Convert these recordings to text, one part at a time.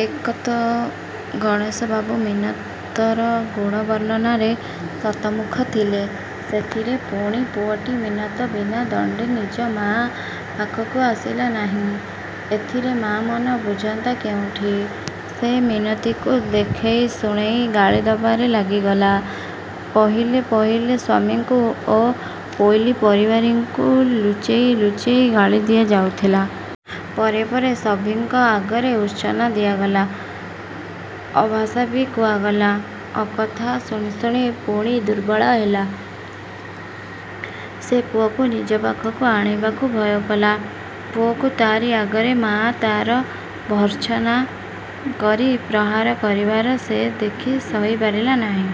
ଏକେତ ଗଣେଶ ବାବୁ ମିନତର ଗୁଣ ବର୍ଣ୍ଣନାରେ ଶତମୁଖ ଥିଲେ, ସେଥିରେ ପୁଣି ପୁଅଟି ମିନତ ବିନା ଦଣ୍ଡେ ନିଜ ମା' ପାଖକୁ ଆସିଲା ନାହିଁ। ଏଥିରେ ମା'ମନ ବୁଝନ୍ତା କେଉଁଠି। ସେ ମିନତିକୁ ଦେଖେଇ ଶୁଣେଇ ଗାଳି ଦବାରେ ଲାଗିଗଲା। ପହିଲେ ପହିଲେ ସ୍ୱାମୀଙ୍କୁ ଓ ପୋଇଲୀ ପରିବାରୀଙ୍କୁ ଲୁଚେଇ ଲୁଚେଇ ଗାଳି ଦିଆଯାଉଥିଲା। ପରେ ପରେ ସଭିଙ୍କ ଆଗରେ ଉର୍ତ୍ସନା ଦିଆଗଲା, ଅଭାଷା ବି କୁହାଗଲା। ଅକଥା ଶୁଣି ଶୁଣି ପୁଣି ଦୁର୍ବଳ ହେଲା। ସେ ପୁଅକୁ ନିଜ ପାଖକୁ ଆଣିବାକୁ ଭୟକଲା। ପୁଅକୁ ତାରି ଆଗରେ ମା' ତାର ଭର୍ତ୍ସନା କରି ପ୍ରହାର କରିବାର ସେ ଦେଖି ସହି ପାରିଲା ନାହିଁ।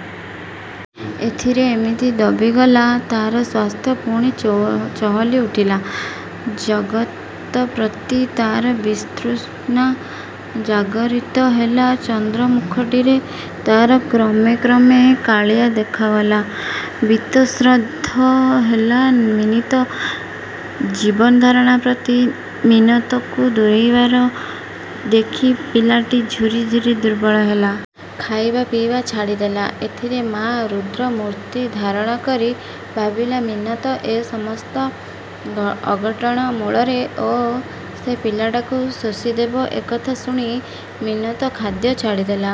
ଏଥିରେ ମିନତି ଦବିଗଲା। ତାର ସ୍ୱାସ୍ଥ୍ୟ ପୁଣି ଚହଲି ଉଠିଲା। ଜଗତ ପ୍ରତି ତାର ବିତୃଷ୍ଣା ଜାଗରିତ ହେଲା। ଚନ୍ଦ୍ର ମୁଖଟିରେ ତାର କ୍ରମେ କ୍ରମେ କାଳିଆ ଦେଖାଗଲା। ବିତଶ୍ରଦ୍ଧ ହେଲା ମିନତ ଜୀବନଧାରଣ ପ୍ରତି। ମିନତକୁ ଦୂରେଇବାର ଦେଖି ପିଲାଟି ଝୁରି ଝୁରି ଦୁର୍ବଳ ହେଲା। ଖାଇବା ପିଇବା ଛାଡ଼ିଦେଲା। ଏଥିରେ ମା' ରୁଦ୍ର ମୂର୍ତ୍ତି ଧାରଣା କରି ଭାବିଲା ମିନତ ଏ ସମସ୍ତ ଅଘଟଣ ମୂଳରେ ଓ ସେ ପିଲାଟିକୁ ଶୋଷିଦେବ। ଏକଥା ଶୁଣି ମିନତ ଖାଦ୍ୟ ଛାଡ଼ିଦେଲା।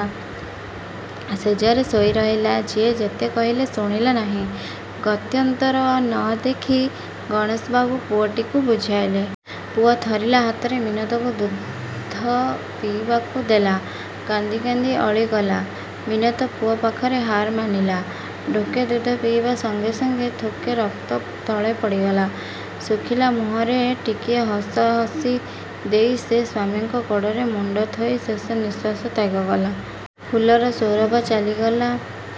ଶେଯରେ ଶୋଇ ରହିଲା। ଯିଏ ଯେତେ କହିଲେ ଶୁଣିଲା ନାହିଁ। ଗତ୍ୟନ୍ତର ନ ଦେଖି ଗଣେଶବାବୁ ପୁଅଟିକୁ ବୁଝାଇଲେ। ପୁଅ ଥରିଲା ହାତରେ ମିନତକୁ ଦୁଧ ପିଇବାକୁ ଦେଲା। କାନ୍ଦି କାନ୍ଦି ଅଳି କଲା। ମିନତ ପୁଅ ପାଖରେ ହାର ମାନିଲା, ଢୋକେ ଦୁଧ ପିଇବା ସଙ୍ଗେ ସଙ୍ଗେ ଥୋକେ ରକ୍ତ ତଳେ ପଡ଼ିଗଲା। ଶୁଖିଲା ମୁହଁରେ ଟିକିଏ ହସ ହସି ଦେଇ ସେ ସ୍ୱାମୀଙ୍କ କୋଡ଼ରେ ମୁଣ୍ଡ ଥୋଇ ଶେଷ ନିଶ୍ୱାସ ତ୍ୟାଗ କଲା। ଫୁଲର ସୌରଭ ଚାଲିଗଲା।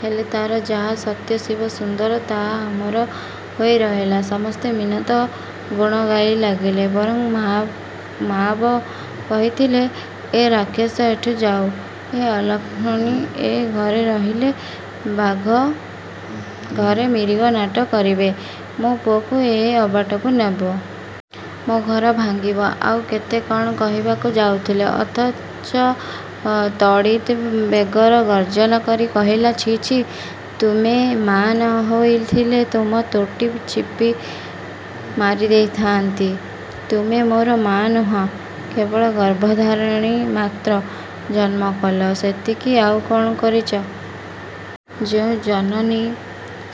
ହେଲେ ତାର ଯାହା ସତ୍ୟ-ଶିବ-ସୁନ୍ଦର ତାହା ଅମର ହୋଇ ରହିଲା। ସମସ୍ତେ ମିନତ ଗୁଣ ଗାଇ ଲାଗିଲେ। ବରଂ ମା'ବ କହିଥିଲେ-ଏ ରାକ୍ଷସୀ ଏଠୁ ଯାଉ। ଏ ଅଲକ୍ଷଣୀ ଏ ଘରେ ରହିଲେ ବାଘ ଘରେ ମିରିଗ ନାଟ କରିବେ, ମୋ ପୁଅକୁ ଏ ଅବାଟକୁ ନେବ। ମୋ ଘର ଭାଙ୍ଗିବ-ଆଉ କେତେ କଣ କହିବାକୁ ଯାଉଥିଲେ, ଅଥଚ ତଡ଼ିତ୍ ବେଗରେ ଗର୍ଜନ କରି କହିଲା-ଛି, ଛି, ତୁମେ ମାଆ ନ ହୋଇଥିଲେ ତୁମ ତୋଟି ଚିପି ମାରି ଦେଇଥାଆନ୍ତି। ତୁମେ ମୋର ମା' ନୁହଁ, କେବଳ ଗର୍ଭଧାରଣୀ ମାତ୍ର। ଜନ୍ମ କଲ, ସେତିକି, ଆଉ କ'ଣ କରିଚ? ଯେଉଁ ଜନନୀ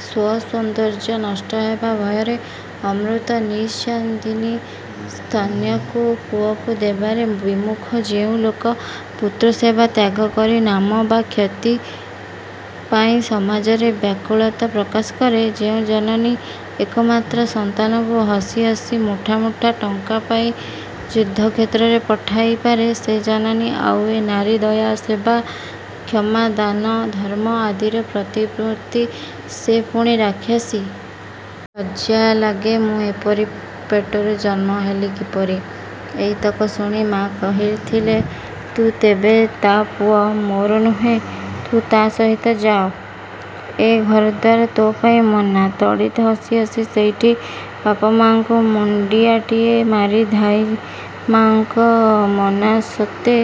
ସ୍ୱସୌନ୍ଦର୍ଯ୍ୟ ନଷ୍ଟ ହେବା ଭୟରେ ଅମୃତ ନିଃସ୍ୟନ୍ଦିନୀ ସ୍ତନ୍ୟକୁ ପୁଅକୁ ଦେବାରେ ବିମୁଖ ଯେଉଁ ଲୋକ ପୁତ୍ରସେବା ତ୍ୟାଗ କରି ନାମ ବା ଖ୍ୟାତି ପାଇଁ ସମାଜରେ ବ୍ୟାକୁଳତା ପ୍ରକାଶ କରେ, ଯେଉଁ ଜନନୀ ଏକମାତ୍ର ସନ୍ତାନକୁ ହସି ହସି ମୁଠା ମୁଠା ଟଙ୍କା ପାଇଁ ଯୁଦ୍ଧକ୍ଷେତ୍ରକୁ ପଠାଇ ପାରେ ସେ ଜନନୀ-ଆଉ ଏ ନାରୀ, ଦୟା, ସେବା, କ୍ଷମା, ଦାନ, ଧର୍ମ ଆଦିର ପ୍ରତିମୂର୍ତ୍ତି, ସେ ପୁଣି ରାକ୍ଷସୀ? ଲଜ୍ଜା ଲାଗେ ମୁଁ ଏପରି ପେଟରୁ ଜନ୍ମ ହେଲି କିପରି? ଏଇତକ ଶୁଣି ମା କହିଥିଲେ-ତୁ ତେବେ ତା ପୁଅ, ମୋର ନୁହେଁ, ତୁ ତା ସହିତ ଯାଅ-। ଏ ଘରଦ୍ୱାର ତୋ ପାଇଁ ମନା। ତଡ଼ିତ୍ ହସି ହସି ସେଇଠି ବାପ ମା'ଙ୍କୁ ମୁଣ୍ଡିଆଟିଏ ମାରି ଧାଈ ମା'ଙ୍କ ମନା ସତ୍ତ୍ୱେ